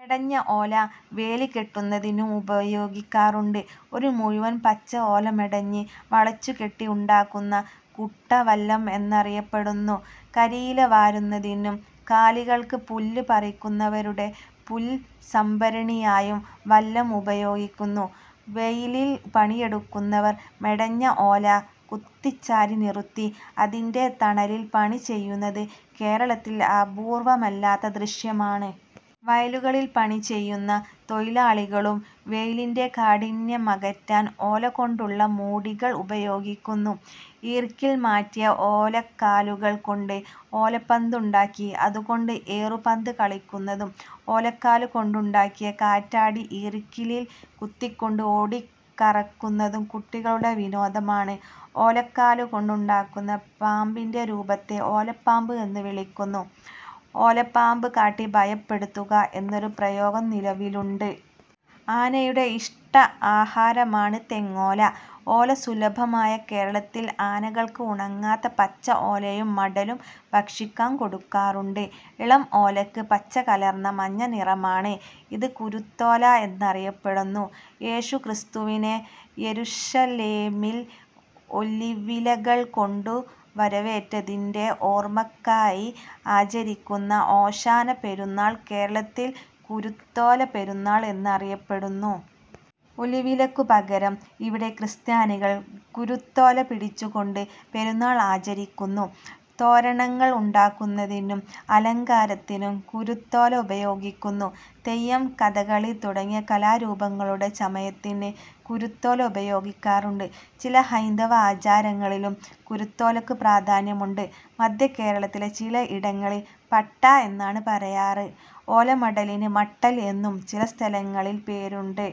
മെടഞ്ഞ ഓല വേലി കെട്ടുന്നതിനും ഉപയോഗിക്കാറുണ്ട്. ഒരു മുഴുവൻ പച്ച ഓല മെടഞ്ഞ് വളച്ചുകെട്ടി ഉണ്ടാക്കുന്ന കുട്ട വല്ലം എന്നറിയപ്പെടുന്നു. കരിയില വാരുന്നതിനും കാലികൾക്ക് പുല്ല് പറിക്കുന്നവരുടെ പുൽ സംഭരണിയായും വല്ലം ഉപയോഗിക്കുന്നു. വെയിലിൽ പണിയെടുക്കുന്നവർ മെടഞ്ഞ ഓല കുത്തിച്ചാരി നിറുത്തി അതിന്റെ തണലിൽ പണി ചെയ്യുന്നത് കേരളത്തിൽ അപൂർവ്വമല്ലാത്ത ദൃശ്യമാണ്. വയലുകളിൽ പണിചെയ്യുന്ന തൊഴിലാളികളും വെയിലിന്റെ കാഠിന്യമകറ്റാൻ ഓലകൊണ്ടുള്ള മൂടികൾ ഉപയോഗിക്കുന്നു. ഈർക്കിൽ മാറ്റിയ ഓലക്കാലുകൾ കൊണ്ട് ഓലപ്പന്ത് ഉണ്ടാക്കി അതുകൊണ്ട് ഏറുപന്ത് കളിക്കുന്നതും ഓലക്കാലുകൊണ്ടുണ്ടാക്കിയ കാറ്റാടി ഈർക്കിലിൽ കുത്തിക്കൊണ്ട് ഓടിക്കറക്കുന്നതും കുട്ടികളുടെ വിനോദമാണ്. ഓലക്കാലുകൊണ്ട് ഉണ്ടാക്കുന്ന പാമ്പിന്റെ രൂപത്തെ ഓലപ്പാമ്പ് എന്ന് വിളിക്കുന്നു. 'ഓലപ്പാമ്പ് കാട്ടി ഭയപ്പെടുത്തുക' എന്നൊരു പ്രയോഗം നിലവിലുണ്ട്. ആനയുടെ ഇഷ്ടാഹാരമാണ് തെങ്ങോല. ഓല സുലഭമായ കേരളത്തിൽ ആനകൾക്ക് ഉണങ്ങാത്ത പച്ച ഓലയും മടലും ഭക്ഷിക്കാൻ കൊടുക്കാറുണ്ട്. ഇളം ഓലക്ക് പച്ചകലർന്ന മഞ്ഞ നിറമാണ്. ഇത് കുരുത്തോല എന്നറിയപ്പെടുന്നു. യേശുക്രിസ്തുവിനെ യെരുശലേമിൽ ഒലിവിലകൾ കൊണ്ടു വരവേറ്റതിന്റെ ഓർമ്മക്കായി ആചരിക്കുന്ന ഓശാന പെരുനാൾ കേരളത്തിൽ കുരുത്തോല പെരുനാള് എന്നറിയപ്പെടുന്നു. ഒലിവിലക്കു പകരം ഇവിടെ ക്രിസ്ത്യാനികൾ കുരുത്തോല പിടിച്ചുകൊണ്ട് പെരുനാൾ ആചരിക്കുന്നു. തോരണങ്ങൾ ഉണ്ടാക്കുന്നതിനും അലങ്കാരത്തിനും കുരുത്തോല ഉപയോഗിക്കുന്നു. തെയ്യം, കഥകളി തുടങ്ങിയ കലാരൂപങ്ങളുടെ ചമയത്തിന് കുരുത്തോല ഉപയോഗിക്കാറുണ്ട്. ചില ഹൈന്ദവ ആചാരങ്ങളിലും കുരുത്തോലക്കു പ്രാധാന്യമുണ്ട്. മധ്യകേരളത്തിലെ ചില ഇടങ്ങളിൽ പട്ട എന്നാണ് പറയാറ്. ഓലമടലിന് മട്ടൽ എന്നും ചിലസ്ഥലങ്ങളിൽ പേരുണ്ട്.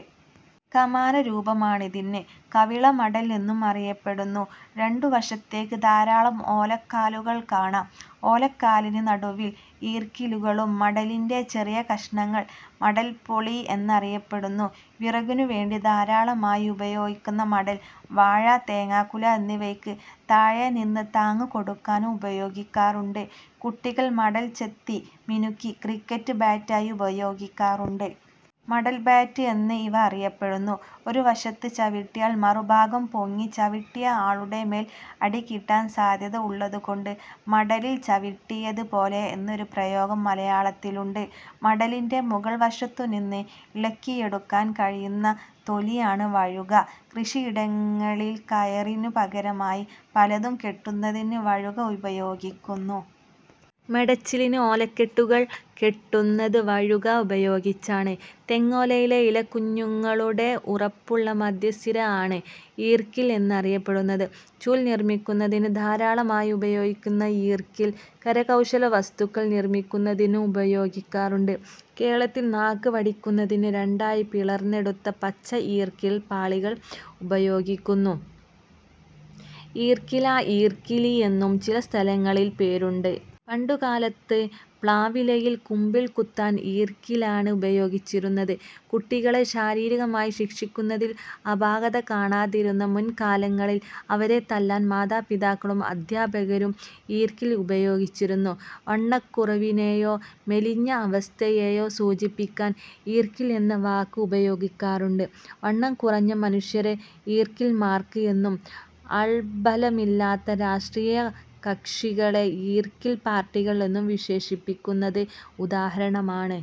കമാന രൂപമാണിതിന്, കവിള മടൽ എന്നും അറിയപ്പെടുന്നു. രണ്ടു വശത്തെക്ക് ധാരാളം ഓലക്കാലുകൾ കാണാം. ഓലക്കാലിന് നടുവിൽ ഈർക്കിലുകളും. മടലിന്റെ ചെറിയ കഷണങ്ങൾ മടൽപ്പൊളി എന്നറിയപ്പെടുന്നു. വിറകിനുവേണ്ടി ധാരാളമായി ഉപയോഗിക്കുന്ന മടൽ, വാഴ, തേങ്ങാക്കുല എന്നിവയ്ക്ക് താഴെനിന്ന് താങ്ങ് കൊടുക്കാനും ഉപയോഗിക്കാറുണ്ട്. കുട്ടികൾ മടൽ ചെത്തിമിനുക്കി ക്രിക്കറ്റ് ബാറ്റ് ആയി ഉപയോഗിക്കാറുണ്ട്. മടൽ ബാറ്റ് എന്ന് ഇവ അറിയപ്പെടുന്നു. ഒരു വശത്ത് ചവിട്ടിയാൽ മറുഭാഗം പൊങ്ങി ചവിട്ടിയ ആളുടെ മേൽ അടികിട്ടാൻ സാധ്യത ഉള്ളത് കൊണ്ട് മടലിൽ ചവിട്ടിയത് പോലെ എന്നൊരു പ്രയോഗം മലയാളത്തിലുണ്ട്. മടലിന്റെ മുകൾ വശത്തുനിന്ന് ഇളക്കിയെടുക്കാൻ കഴിയുന്ന തൊലിയാണ് വഴുക. കൃഷിയിടങ്ങളിൽ കയറിനു പകരമായി പലതും കെട്ടുന്നതിന് വഴുക ഉപയോഗിക്കുന്നു. മെടച്ചിലിന് ഓലക്കെട്ടുകൾ കെട്ടുന്നത് വഴുക ഉപയോഗിച്ചാണ്. തെങ്ങോലയിലെ ഇലക്കുഞ്ഞുങ്ങളുടെ ഉറപ്പുള്ള മധ്യസിര ആണ് ഈർക്കിൽ എന്ന് അറിയപ്പെടുന്നത്. ചൂൽ നിർമ്മിക്കുന്നതിന് ധാരാളമായി ഉപയോഗിക്കുന്ന ഈർക്കിൽ, കരകൗശലവസ്തുക്കൾ നിർമ്മിക്കുന്നതിനും ഉപയോഗിക്കാറുണ്ട്. കേരളത്തിൽ നാക്ക് വടിക്കുന്നതിന് രണ്ടായി പിളർന്നെടുത്ത പച്ച ഈർക്കിൽ പാളികൾ ഉപയോഗിക്കുന്നു. ഈർക്കില, ഈർക്കിലി എന്നും ചില സ്ഥലങ്ങളിൽ പേരുണ്ട്. പണ്ടുകാലത്ത് പ്ലാവിലയിൽ കുമ്പിൾ കുത്താൻ ഈർക്കിലാണ് ഉപയോഗിച്ചിരുന്നത്. കുട്ടികളെ ശാരീരികമായി ശിക്ഷിക്കുന്നതിൽ അപാകത കാണാതിരുന്ന മുൻകാലങ്ങളിൽ അവരെ തല്ലാൻ മാതാപിതാക്കളും അദ്ധ്യാപകരും ഈർക്കിൽ ഉപയോഗിച്ചിരുന്നു. വണ്ണക്കുറവിനെയോ മെലിഞ്ഞ അവസ്ഥയേയോ സൂചിപ്പിക്കാൻ ഈർക്കിൽ എന്ന വാക്ക് ഉപയോഗിക്കാറുണ്ട്. വണ്ണംകുറഞ്ഞ മനുഷ്യരെ ഈർക്കിൽ മാർക്ക് എന്നും ആൾബലമില്ലാത്ത രാഷ്ട്രീയകക്ഷികളെ ഈർക്കിൽ പാർട്ടികൾ എന്നും വിശേഷിപ്പിക്കുന്നത് ഉദാഹരണമാണ്.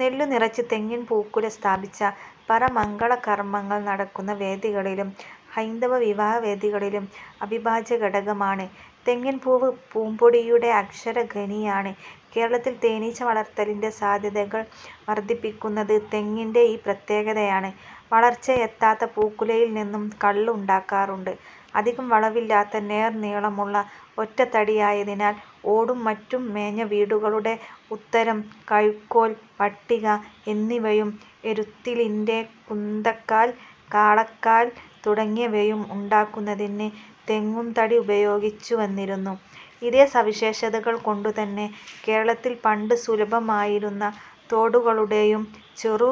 നെല്ലു നിറച്ച് തെങ്ങിൻ പൂക്കുല സ്ഥാപിച്ച പറ മംഗളകർമ്മങ്ങൾ നടക്കുന്ന വേദികളിലും, ഹൈന്ദവ വിവാഹ വേദികളിലും അവിഭാജ്യ ഘടകമാണ്. തെങ്ങിൻ പൂവ് പൂമ്പൊടിയുടെ അക്ഷയ ഖനിയാണ്. കേരളത്തിൽ തേനീച്ച വളർത്തലിന്റെ സാധ്യതകൾ വർദ്ധിപ്പിക്കുന്നത് തെങ്ങിന്റെ ഈ പ്രത്യേകതയാണ്. വളർച്ചയെത്താത്ത പൂക്കുലയിൽ നിന്നും കള്ള് ഉണ്ടാക്കാറുണ്ട്. അധികം വളവില്ലാതെ നേർ നീളമുള്ള ഒറ്റത്തടിയായതിനാൽ ഓടും മറ്റും മേഞ്ഞ വീടുകളുടെ ഉത്തരം, കഴുക്കോൽ, പട്ടിക എന്നിവയും, എരുത്തിലിന്റെ കുന്തക്കാൽ, കാളക്കാൽ തുടങ്ങിയവയും ഉണ്ടാക്കുന്നതിന് തെങ്ങും തടി ഉപയോഗിച്ചു വന്നിരുന്നു. ഇതേ സവിശേഷതകൾ കൊണ്ടുതന്നെ കേരളത്തിൽ പണ്ട് സുലഭമായിരുന്ന തോടുകളുടെയും ചെറു